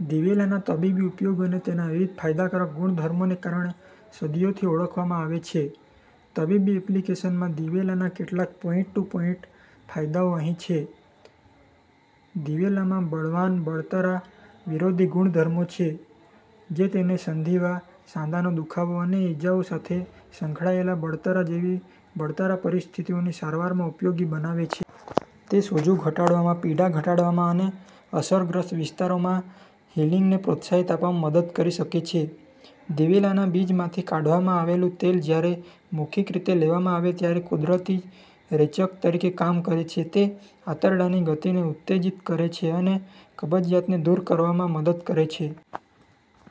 દિવેલા ના તબીબી ઉપયોગોને તેના વિવિધ ફાયદાકારક ગુણધર્મોને કારણે સદીઓથી ઓળખવામાં આવે છે. તબીબી એપ્લિકેશનમાં દિવેલા ના કેટલાક પોઈન્ટ-ટુ-પોઈન્ટ ફાયદાઓ અહીં છે: દિવેલામાં બળવાન બળતરા વિરોધી ગુણધર્મો છે, જે તેને સંધિવા, સાંધાનો દુખાવો અને ઇજાઓ સાથે સંકળાયેલ બળતરા જેવી બળતરા પરિસ્થિતિઓની સારવારમાં ઉપયોગી બનાવે છે. તે સોજો ઘટાડવામાં, પીડા ઘટાડવામાં અને અસરગ્રસ્ત વિસ્તારોમાં હીલિંગને પ્રોત્સાહન આપવામાં મદદ કરી શકે છે. દિવેલાના બીજમાંથી કાઢવામાં આવેલું તેલ જ્યારે મૌખિક રીતે લેવામાં આવે ત્યારે કુદરતી રેચક તરીકે કામ કરે છે. તે આંતરડાની ગતિને ઉત્તેજિત કરે છે અને કબજિયાતને દૂર કરવામાં મદદ કરે છે.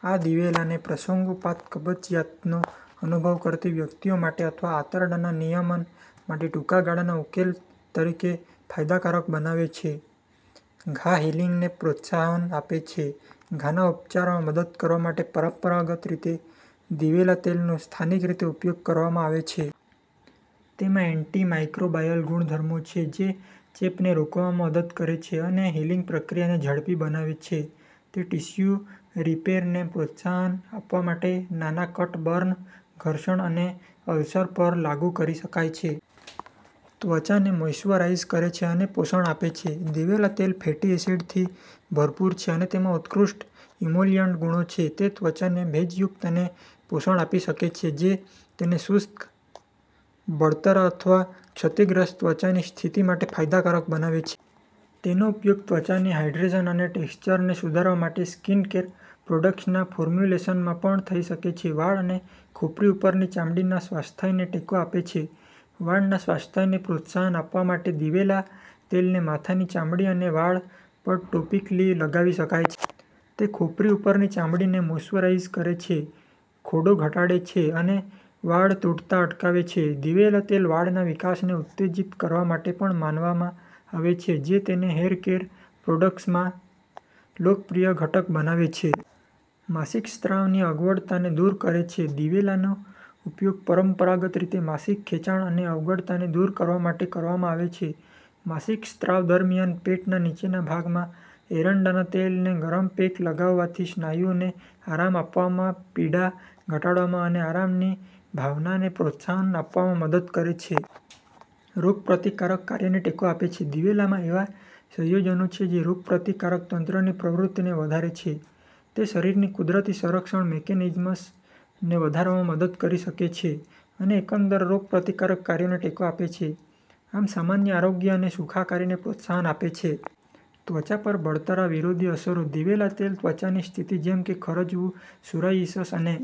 આ દિવેલાને પ્રસંગોપાત કબજિયાતનો અનુભવ કરતી વ્યક્તિઓ માટે અથવા આંતરડાના નિયમન માટે ટૂંકા ગાળાના ઉકેલ તરીકે ફાયદાકારક બનાવે છે. ઘા હીલિંગને પ્રોત્સાહન આપે છે: ઘાના ઉપચારમાં મદદ કરવા માટે પરંપરાગત રીતે દિવેલા તેલનો સ્થાનિક રીતે ઉપયોગ કરવામાં આવે છે. તેમાં એન્ટિમાઇક્રોબાયલ ગુણધર્મો છે જે ચેપને રોકવામાં મદદ કરે છે અને હીલિંગ પ્રક્રિયાને ઝડપી બનાવે છે. તે ટીશ્યુ રિપેરને પ્રોત્સાહન આપવા માટે નાના કટ, બર્ન, ઘર્ષણ અને અલ્સર પર લાગુ કરી શકાય છે. ત્વચાને મોઇશ્ચરાઇઝ કરે છે અને પોષણ આપે છે: દિવેલા તેલ ફેટી એસિડથી ભરપૂર છે અને તેમાં ઉત્કૃષ્ટ ઇમોલિયન્ટ ગુણો છે. તે ત્વચાને ભેજયુક્ત અને પોષણ આપી શકે છે, જે તેને શુષ્ક, બળતરા અથવા ક્ષતિગ્રસ્ત ત્વચાની સ્થિતિ માટે ફાયદાકારક બનાવે છે. તેનો ઉપયોગ ત્વચાની હાઇડ્રેશન અને ટેક્સચરને સુધારવા માટે સ્કિનકેર પ્રોડક્ટ્સના ફોર્મ્યુલેશનમાં પણ થઈ શકે છે. વાળ અને ખોપરી ઉપરની ચામડીના સ્વાસ્થ્યને ટેકો આપે છે: વાળના સ્વાસ્થ્યને પ્રોત્સાહન આપવા માટે દિવેલા તેલને માથાની ચામડી અને વાળ પર ટોપિકલી લગાવી શકાય છે. તે ખોપરી ઉપરની ચામડીને મોઇશ્ચરાઇઝ કરે છે, ખોડો ઘટાડે છે અને વાળ તૂટતા અટકાવે છે. દિવેલા તેલ વાળના વિકાસને ઉત્તેજીત કરવા માટે પણ માનવામાં આવે છે, જે તેને હેર કેર પ્રોડક્ટ્સમાં લોકપ્રિય ઘટક બનાવે છે. માસિક સ્રાવની અગવડતાને દૂર કરે છે: દિવેલાનો ઉપયોગ પરંપરાગત રીતે માસિક ખેંચાણ અને અગવડતાને દૂર કરવા માટે કરવામાં આવે છે. માસિક સ્રાવ દરમિયાન પેટના નીચેના ભાગમાં એરંડાના તેલનો ગરમ પેક લગાવવાથી સ્નાયુઓને આરામ આપવામાં, પીડા ઘટાડવામાં અને આરામની ભાવનાને પ્રોત્સાહન આપવામાં મદદ મળે છે. રોગપ્રતિકારક કાર્યને ટેકો આપે છે: દિવેલામાં એવા સંયોજનો છે જે રોગપ્રતિકારક તંત્રની પ્રવૃત્તિને વધારે છે. તે શરીરની કુદરતી સંરક્ષણ મિકેનિઝમ્સને વધારવામાં મદદ કરી શકે છે અને એકંદર રોગપ્રતિકારક કાર્યને ટેકો આપે છે, આમ સામાન્ય આરોગ્ય અને સુખાકારીને પ્રોત્સાહન આપે છે. ત્વચા પર બળતરા વિરોધી અસરો: દિવેલા તેલ ત્વચાની સ્થિતિ જેમ કે ખરજવું, સૉરાયિસસ અને